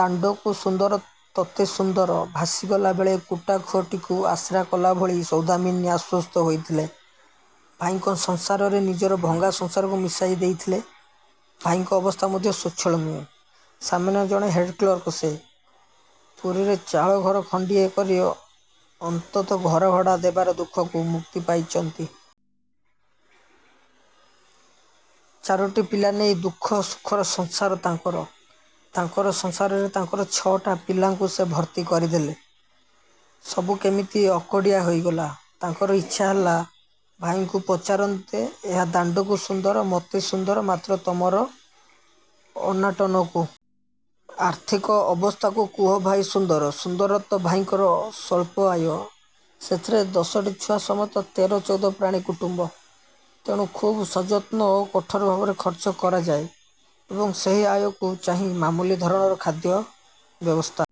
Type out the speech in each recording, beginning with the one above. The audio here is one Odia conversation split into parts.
ଦାଣ୍ଡକୁ ସୁନ୍ଦର, ତତେ ସୁନ୍ଦର। ଭାସିଗଲା ବେଳେ କୁଟା ଖୁଅଟିକୁ ଆଶ୍ରା କଲାଭଳି ସୌଦାମିନୀ ଆଶ୍ଵସ୍ତ ହୋଇଥିଲେ । ଭାଇଙ୍କ ସଂସାରରେ ନିଜର ଭଙ୍ଗା ସଂସାରକୁ ମିଶାଇ ଦେଇଥିଲେ। ଭାଇଙ୍କ ଅବସ୍ଥା ମଧ୍ୟ ସ୍ୱଚ୍ଛଳ ନୁହେଁ। ସାମାନ୍ୟ ଜଣେ ହେଡ଼କ୍ଲର୍କ ସେ। ପୁରୀରେ ଚାଳଘର ଖଣ୍ଡିଏ କରି ଅନ୍ତତଃ ଘରଭଡ଼ା ଦେବାର ଦୁଃଖକୁ ମୁକ୍ତି ପାଇଚନ୍ତି। ଚାରୋଟି ପିଲା ନେଇ ଦୁଃଖ, ସୁଖର ସଂସାର ତାଙ୍କର। ତାଙ୍କର ସଂସାରରେ, ତାଙ୍କର ଛ ଟା ପିଲାଙ୍କୁ ସେ ଭର୍ତ୍ତି କରିଦେଲେ। ସବୁ କେମିତି ଅକଡ଼ିଆ ହୋଇଗଲା। ତାଙ୍କର ଇଚ୍ଛା ହେଲା ଭାଇଙ୍କୁ ପଚାରନ୍ତେ ଏହା ଦାଣ୍ଡକୁ ସୁନ୍ଦର, ମତେ ସୁନ୍ଦର, ମାତ୍ର ତମର ଅନାଟନକୁ? ଆର୍ଥିକ ଅବସ୍ଥାକୁ, କୁହ ଭାଇ ସୁନ୍ଦର? ସୁନ୍ଦର ତ? ଭାଇଙ୍କର ସ୍ୱଳ୍ପ ଆୟ। ସେଥିରେ ଦଶଟି ଛୁଆ ସମେତ ତେର, ଚଉଦ ପ୍ରାଣୀ କୁଟୁମ୍ବ। ତେଣୁ ଖୁବ୍ ସଯତ୍ନ ଓ କଠୋର ଭାବରେ ଖର୍ଚ୍ଚ କରାଯାଏ ଏବଂ ସେହି ଆୟକୁ ଚାହିଁ ମାମୁଲି ଧରଣର ଖାଦ୍ୟ ବ୍ୟବସ୍ଥା।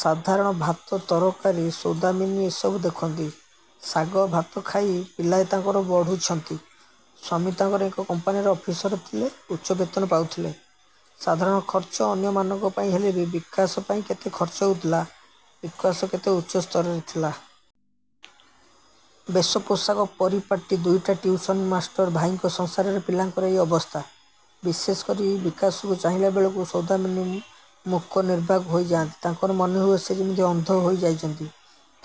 ସାଧାରଣ ଭାତ, ତରକାରୀ। ସୌଦାମିନୀ ଏସବୁ ଦେଖନ୍ତି। ଶାଗ, ଭାତ ଖାଇ ପିଲାଏ ତାଙ୍କର ବଢ଼ୁଚନ୍ତି। ସ୍ୱାମୀ ତାଙ୍କର ଏକ କମ୍ପାନୀର ଜଣେ ଅଫିସର ଥିଲେ। ଉଚ୍ଚ ବେତନ ପାଉଥିଲେ। ସାଧାରଣ ଖର୍ଚ୍ଚ ଅନ୍ୟମାନଙ୍କ ପାଇଁ ହେଲେ ବି ବିକାଶ ପାଇଁ କେତେ ଖର୍ଚ୍ଚ ହେଉଥିଲା, ବିକାଶ କେତେ ଉଚ୍ଚ ସ୍ତରରେ ଥିଲା। ବେଶ, ପୋଷାକ, ପରିପାଟୀ। ଦୁଇଟା ଟିଉସନ ମାଷ୍ଟର। ଭାଇଙ୍କ ସଂସାରରେ ପିଲାଙ୍କର ଏହି ଅବସ୍ଥା। ବିଶେଷ କରି ବିକାଶକୁ ଚାହିଁଲାବେଳକୁ ସୌଦାମିନୀ ମୂକ ନିର୍ବାକ୍ ହୋଇ ଯାଆନ୍ତି। ତାଙ୍କର ମନେହୁଏ ସେ ଯେମିତି ଅନ୍ଧ ହୋଇ ଯାଇଚନ୍ତି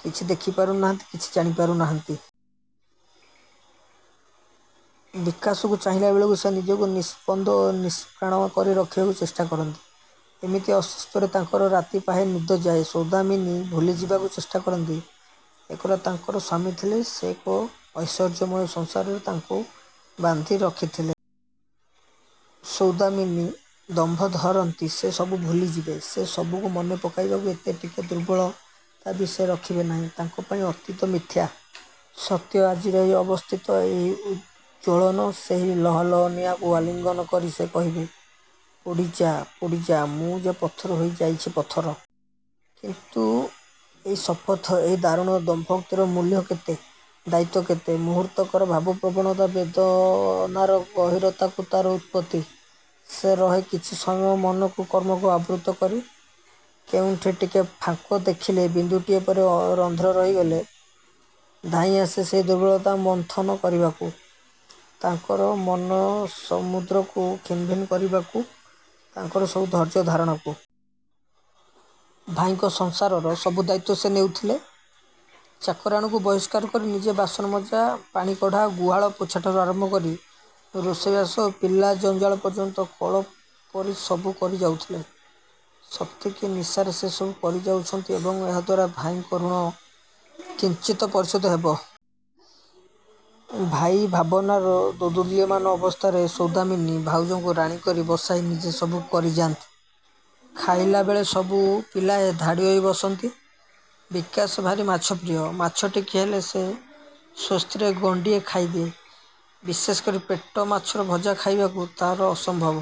କିଛି ଦେଖି ପାରୁ ନାହାନ୍ତି, କିଛି ଜାଣିପାରୁ ନାହାନ୍ତି। ବିକାଶକୁ ଚାହିଁଲାବେଳକୁ ସେ ନିଜକୁ ନିସ୍ପନ୍ଦ ଓ ନିଷ୍ପ୍ରାଣ କରି ରଖିବାକୁ ଚେଷ୍ଟା କରନ୍ତି। ଏମିତି ଅସ୍ଵସ୍ତିରେ ତାଙ୍କର ରାତି ପାହେ, ଦିନ ଯାଏ। ସୌଦାମିନୀ ଭୁଲି ଯିବାକୁ ଚେଷ୍ଟା କରନ୍ତି ଏକଦା ତାଙ୍କର ସ୍ୱାମୀ ଥିଲେ। ସେ ଏକ ଐଶ୍ୱର୍ଯ୍ୟମୟ ସଂସାରରେ ତାଙ୍କୁ ବାନ୍ଧି ରଖିଥିଲେ। ସୌଦାମିନୀ ଦମ୍ଭ ଧରନ୍ତି ସେ ସବୁ ଭୁଲି ଯିବେ। ସେ ସବୁକୁ ମନେପକେଇବାକୁ ଏତେ ଟିକେ ଦୁର୍ବଳତା ବି ସେ ରଖିବେ ନାହିଁ। ତାଙ୍କ ପାଇଁ ଅତୀତ ମିଥ୍ୟା, ସତ୍ୟ ଆଜିର ଏହି ଅବସ୍ଥିତ, ଏହି ଜ୍ଵଳନ। ସେହି ଲହ ଲହ ନିଆଁକୁ ଆଲିଙ୍ଗନ କରି ସେ କହିବେ, ପୋଡ଼ି ଯା ପୋଡ଼ି ଯା, ମୁଁ ଯେ ପଥର ହୋଇ ଯାଇଚି, ପଥର । କିନ୍ତୁ ଏଇ ଶପଥ, ଏ ଦାରୁଣ ଦମ୍ଭୋକ୍ତିର ମୂଲ୍ୟ କେତେ? ଦାୟିତ୍ୱ କେତେ? ମୁହୂର୍ତ୍ତକର ଭାବପ୍ରବଣତା, ବେଦନାର ଗହୀରତାକୁ ତାର ଉତ୍ପତ୍ତି। ସେ ରହେ କିଛି ସମୟ ମନକୁ, କର୍ମକୁ ଆବୃତ୍ତ କରି, କେଉଁଠି ଟିକେ ଫାଙ୍କ ଦେଖିଲେ ବିନ୍ଦୁଟିଏ ପରି ଅ ରନ୍ଧ୍ର ରହିଗଲେ ଧାଇଁଆସେ ସେହି ଦୁର୍ବଳତା ମନ୍ଥନ କରିବାକୁ ତାଙ୍କର ମନସମୁଦ୍ରକୁ ଖିନଭିନ୍ କରିବାକୁ, ତାଙ୍କର ସବୁ ଧୈର୍ଯ୍ୟ ଧାରଣାକୁ। ଭାଇଙ୍କ ସଂସାରର ସବୁ ଦାୟିତ୍ୱ ସେ ନେଉଥିଲେ। ଚାକରାଣୀକୁ ବହିଷ୍କାର କରି ନିଜେ ବାସନମଜା, ପାଣିକଢ଼ା, ଗୁହାଳ ପୋଛାଠାରୁ ଆରମ୍ଭ କରି ରୋଷେଇବାସ ଓ ପିଲା ଜଞ୍ଜାଳ ପର୍ଯ୍ୟନ୍ତ କଳ ପରି ସବୁ କରି ଯାଉଥିଲେ। ସତେ କି ନିଶାରେ ସେ ସବୁ କରିଯାଉଛନ୍ତି ଏବଂ ଏହାଦ୍ୱାରା ଭାଇଙ୍କ ଋଣ କିଞ୍ଚିତ ପରିଶୋଧ ହେବ। ଭାଇ ଭାବନାର ଦୋଦୁଲ୍ୟମାନ ଅବସ୍ଥାରେ ସୌଦାମିନୀ ଭାଉଜଙ୍କୁ ରାଣୀ କରି ବସାଇ ନିଜେ ସବୁ କରିଯାନ୍ତି। ଖାଇଲାବେଳେ ସବୁ ପିଲାଏ ଧାଡ଼ି ହୋଇ ବସନ୍ତି। ବିକାଶ ଭାରି ମାଛପ୍ରିୟ, ମାଛ ଟିକିଏ ହେଲେ ସେ ସ୍ୱସ୍ତିରେ ଗଣ୍ଡିଏ ଖାଇଦିଏ। ବିଶେଷ କରି ପେଟ ମାଛର ଭଜା ଖାଇବାକୁ ତାର ଅସମ୍ଭବ